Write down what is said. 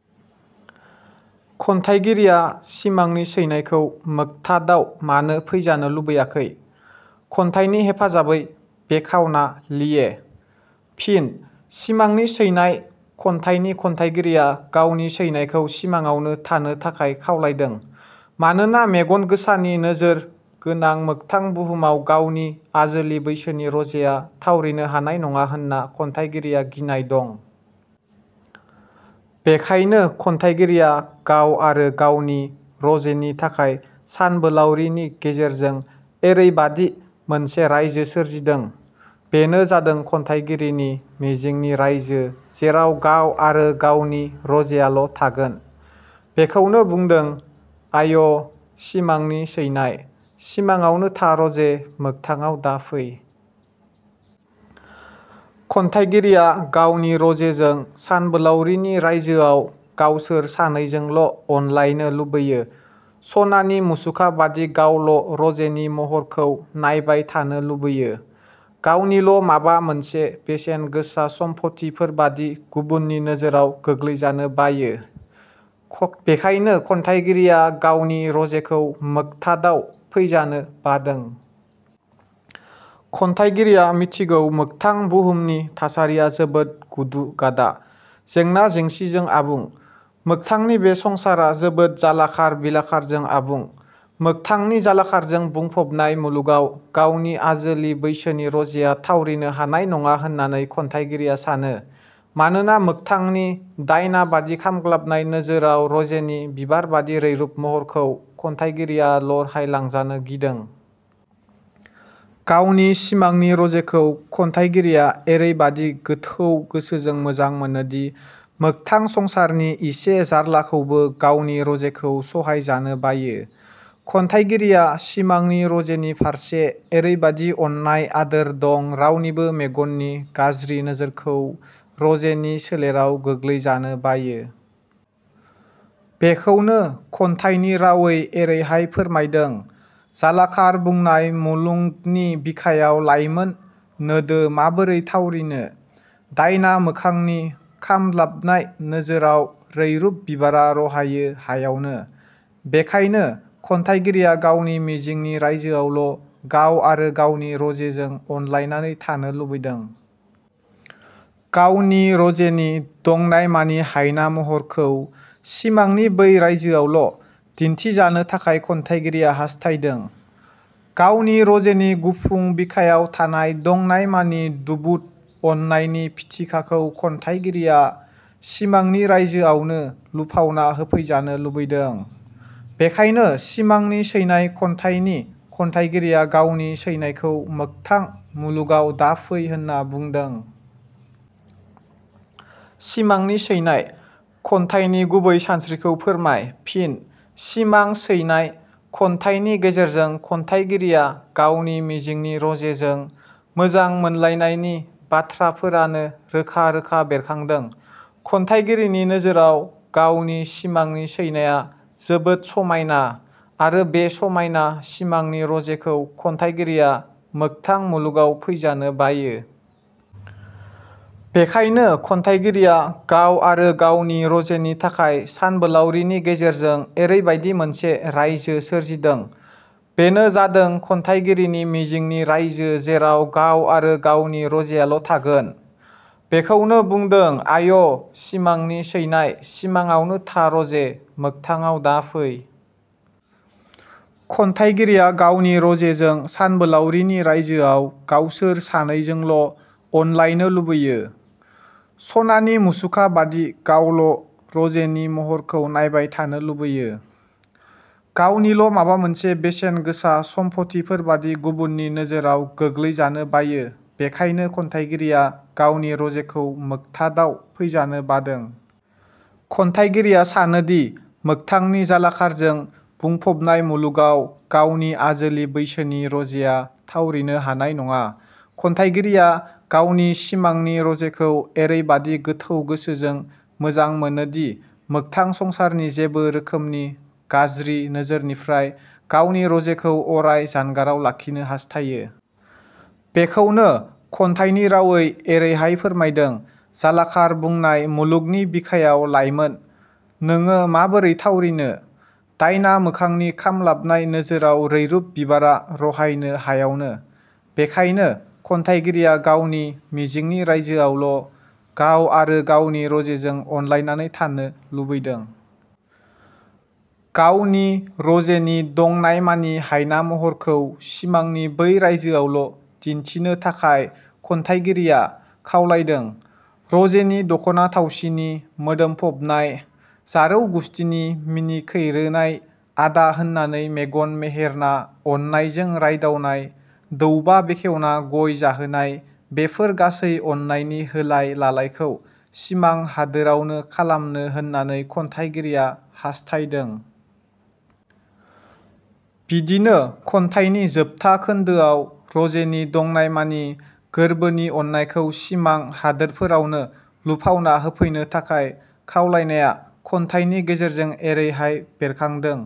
"एबा" खन्थाइगिरिया सिमांनि सैनायखौ मोगथाडाव मानो फैजानो लुबैयाखै? खन्थाइनि हेफाजाबै बेखावना लिए। फिनः 'सिमांनि सैनाय' खन्थाइनि खन्थाइगिरिया गावनि सैनायखौ सिमाङावनो थानो थाखाय खावलायदों। मानोना मेगन गोसानि नोजोर गोनां मोगथां बुहुमाव गावनि आजोलि बैसोनि रजेया थावरिनो हानाय नङा होनना खन्थाइगिरिया गिनाय दं। बेखायनो खन्थाइगिरिया गाव आरो गावनि रजेनि थाखाय सानबोलावरिनि गेजेरजों एरैबादि मोनसे रायजो सोरजिदों, बेनो जादों खन्थाइगिरिनि मिजिंनि रायजो जेराव गाव आरो गावनि रजेयाल' थागोन। बेखौनो बुंदों- आय! सिमांनि सैनाय, – सिमाङावनो था रजे मोगथाङाव दाफै। खन्थाइगिरिया गावनि रजेजों सानबोलावरिनि रायजोआव गावसोर सानैजोंल' अनलायनो लुबैयो, सनानि मुसुखा बादि गावल' रजेनि महरखौ नायबाय थानो लुबैयो, गावनिल' माबा मोनसे बेसेन गोसा सम्फथिफोरबादि गुबुननि नोजोराव गोग्लैजानो बायो। बेखायनो खन्थाइगिरिया गावनि रजेखौ मोगथाडाव फैजानो बादों। खन्थाइगिरिया मिथिगौ मोगथां बुहुमनि थासारिया जोबोद गुदु-गादा, जेंना-जेंसिजों आबुं। मोगथांनि बे संसारा जोबोद जालाखार बिलाखारजों आबुं। मोगथांनि जालाखारजों बुंफबनाय मुलुगाव गावनि आजोलि बैसोनि रजेया थावरिनो हानाय नङा होननानै खन्थाइगिरिया सानो। मानोना मोगथांनि दायना बादि खामग्लाबनाय नोजोराव रजेनि बिबारबादि रैरुब महरखौ खन्थाइगिरिया लरहायलांजानो गिदों। गावनि सिमांनि रजेखौ खन्थाइगिरिया एरैबादि गोथौ गोसोजों मोजां मोनोदि मोगथां संसारनि इसे जारलाखौबो गावनि रजेखौ सहायजानो बायो। खन्थाइगिरिया सिमांनि रजेनि फारसे एरैबादि अननाय आदोर दं रावनिबो मेगननि गाज्रि नोजोरखौ रजेनि सोलेराव गोग्लैजानो बायो। बेखौनो खन्थाइनि रावै एरैहाय फोरमायदों- जालाखार बुंनाय मुलुंगनि बिखायाव लाइमोन नोडो माबोरै थावरिनो? दायना मोखांनि खामद्लाबनाय नोजोराव रैरुब बिबारा रहायो हायावनो। बेखायनो, खन्थाइगिरिया गावनि मिजिंनि रायजोआवल' गाव आरो गावनि रजेजों अनलायनानै थानो लुबैदों। गावनि रजेनि दंनायमानि हायना महरखौ सिमांनि बै रायजोआवल' दिन्थिजानो थाखाय खन्थाइगिरिया हास्थायदों। गावनि रजेनि गुफुं बिखायाव थानाय दंनायमानि दुबुद अननायनि फिथिखाखौ खन्थाइगिरिया सिमांनि रायजोआवनो लुफावना होफैजानो लुबैदों। बेखायनो सिमांनि सैनाय खन्याइनि खन्थाइगिरिया गावनि सैनायखौ मोगथां मुलुगाव दाफै होनना बुंदों।. सिमांनि सैनाय' खन्थाइनि गुबै सानस्रिखौ फोरमाय? फिनः 'सिमां सैनाय' खन्थाइनि गेजेरजों खन्थाइगिरिया गावनि मिजिंनि रजेजों मोजां मोनलायनायनि बाथ्राफोरानो रोखा रोखा बेरखांदों। खन्थाइगिरिनि नोजोराव गावनि सिमांनि सैनाया जोबोद समायना आरो बे समायना सिमांनि रजेखौ खन्थाइगिरिया मोगथां मुलुगाव फैजानो बायो। बेखायनो खन्थाइगिरिया गाव आरो गावनि रजेनि थाखाय सानबोलावरिनि गेजेरजों एरैबादि मोनसे रायजो सोरजिदों, बेनो जादों खन्थाइगिरिनि मिजिंनि रायजो जेराव गाव आरो गावनि रजेयाल' थागोन। बेखौनो बुंदों- आय! सिमांनि सैनाय, – सिमाङावनो था रजे मोगथाङाव दाफै। खन्थाइगिरिया गावनि रजेजों सानबोलावरिनि रायजोआव गावसोर 'सानैजोंल' अनलायनो लुबैयो, सनानि मुसुखा बादि गावल' रजेनि महरखौ नायबाय थानो लुबैयो, गावनिल' माबा मोनसे बेसेन गोसा सम्फथिफोरबादि गुबुननि नोजोराव गोग्लैजानो बायो। बेखायनो खन्थाइगिरिया गावनि रजेखौ मोगथाडाव फैजानो बादों। खन्थाइगिरिया सानोदि मोगथांनि जालाखारजों बुंफबनाय मुलुगाव गावनि आजोलि बैसोनि रजेया थावरिनो हानाय नङा। खन्थाइगिरिया गावनि सिमांनि रजेखौ एरैबादि गोथौ गोसोजों मोजां मोनोदि मोगथां संसारनि जेबो रोखोमनि गाज्रि नोजोरनिफ्राय गावनि रजेखौ अराय जानगाराव लाखिनो हास्थायो। बेखौनो खन्थाइनि रावै एरैहाय फोरमायदों- जालाखार बुंनाय मुलुगनि बिखायाव लाइमोन 'नोङो माबोरै थावरिनो? दायना मोखांनि खामलाबनाय नोजोराव रैरुब बिबारा रहायनो हायावनो। बेखायनो खन्थाइगिरिया गावनि मिजिंनि रायजोआवल' गाव आरो गावनि रजेजों अनलायनानै थानो लुबैदों। गावनि रजेनि दंनायमानि हायना महरखौ सिमांनि बै रायजोआवल' दिन्थिनो थाखाय खन्थाइगिरिया – खावलायदों। रजेनि दखना थावसिनि मोदोमफबनाय, जारौ गुस्थिनि मिनिखैरोनाय, आदा होननानै मेगन मोहेरना अननायजों रायदावनाय, दौबा बेखेवना गय जाहोनाय बेफोर गासै अननायनि होलाय लालायखौ सिमां हादोरावनो खालामनो होननानै खन्थाइगिरिया हास्थायदों। बिदिनो खन्थाइनि जोबथा खोन्दोआव रजेनि दंनायमानि गोरबोनि अननायखौ सिमां हादोरावनो लुफावना होफैनो थाखाय खावलायनाया खन्थाइनि गेजेरजों एरैहाय बेरखांदों-।